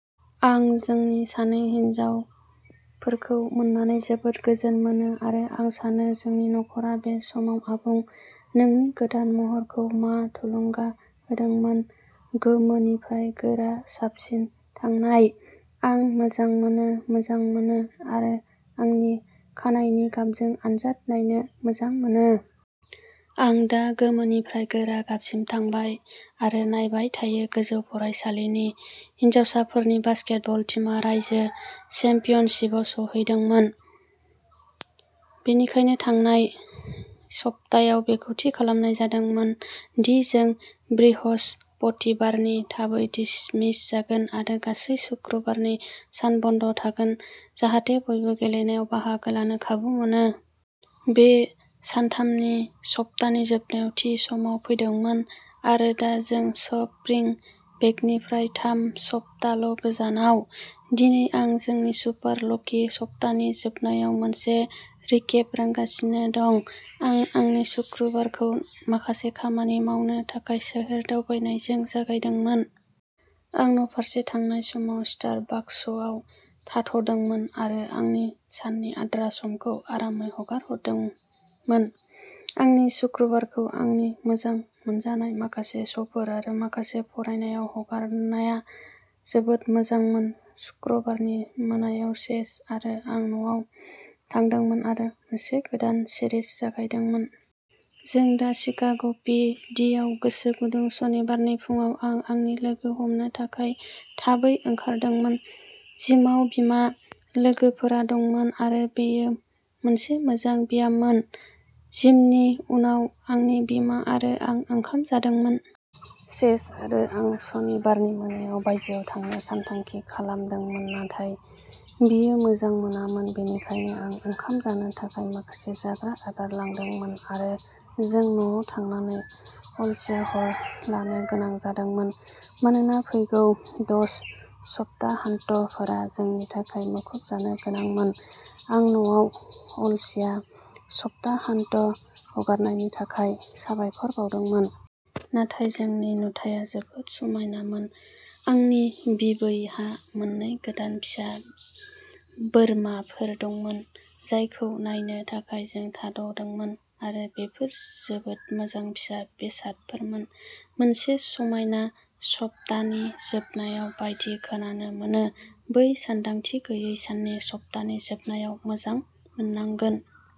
आं जोंनि सानै हिनजावफोरखौ मोननानै जोबोद गोजोन मोनो, आरो आं सानो जोंनि नखरा बे समाव आबुं। " नोंनि गोदान महरखौ मा थुलुंगा होदोंमोन-गोमोनिफ्राय गोरा गाबसिम थांनाय? "आं मोजां नुनो मोजां मोनो आरो आंनि खानाइनि गाबजों आनजाद नायनो मोजां मोनो। आं दा गोमोनिफ्राय गोरा गाबसिम थांबाय, आरो नायबाय थायो। गोजौ फरायसालिनि हिनजावसाफोरनि बास्केटबल टीमा रायजो चेम्पियनशिपआव सौहैदोंमोन, बेनिखायनो थांनाय सप्तायाव बेखौ थि खालामनाय जादोंमोन दि जों बृहस्पतिबारनि थाबै डिसमिस जागोन आरो गासै शुक्रबारनि सान बन्द थागोन, जाहाथे बयबो गेलेनायाव बाहागो लानो खाबु मोनो। बे सानथामनि सप्तानि जोबनायाव थि समाव फैदोंमोन, आरो दा जों स्प्रिं ब्रेकनिफ्राय थाम सप्ताल'गोजानाव! दिनै आं जोंनि सुपार ल'की सप्तानि जोबनायाव मोनसे रिकेप रानगासिनो दं। आं आंनि सुक्रुबारखौ माखासे खामानि मावनो थाखाय सोहोर दावबायनायजों जागायदोंमोन। आं न'फारसे थांनाय समाव स्टारबाकसआव थाद'दोंमोन आरो आंनि साननि आद्रा समखौ आरामै हगारदोंमोन। आंनि सुक्रुबारखौ आंनि मोजां मोनजानाय माखासे श'फोर आरो माखासे फरायनायाव हगारनाया जोबोद मोजांमोन। सुक्रुबारनि मोनायाव चेज आरो आं न'आव थादोंमोन आरो मोनसे गोदान सिरिज जागायदोंमोन। जों दा शिकाग'पि. डि. आव गोसो गुदुं। सनिबारनि फुंआव आं आंनि लोगो हमनो थाखाय थाबै ओंखारदोंमोन। जिमाव बिमा। लोगोफोरा दंमोन आरो बेयो मोनसे मोजां ब्याममोन। जिमनि उनाव आंनि बिमा आरो आं ओंखाम जादोंमोन। चेज आरो आं सनिबारनि मोनायाव बायजोआव थांनो सानथांखि खालामदोंमोन, नाथाय बियो मोजां मोनामोन, बेनिखायनो आं ओंखाम जानो थाखाय माखासे जाग्रा आदार लादोंमोन आरो जों न'आव थानानै अलसिया हर लानो गोनां जादोंमोन। मानोना फैगौ द'सप्ताहान्तफोरा जोंनि थाखाय मुखुब जानो गोनांमोन, आं न'आव अलसिया सप्ताहान्त हगारनायनि थाखाय साबायखर बावदोंमोन। नाथाय जोंनि नुथाया जोबोद समायनामोन! आंनि बिबौहा मोननै गोदान फिसा बोरमाफोर दंमोन जायखौ नायनो थाखाय जों थाद'दोंमोन। आरो बेफोर जोबोद मोजां फिसा बेसादफोरमोन। मोनसे समायना सप्तानि जोबनायाव बायदि खोनानो मोनो-बै सानदांथि गैयै साननि सप्तानि जोबनायाव मोजां मोननांगोन!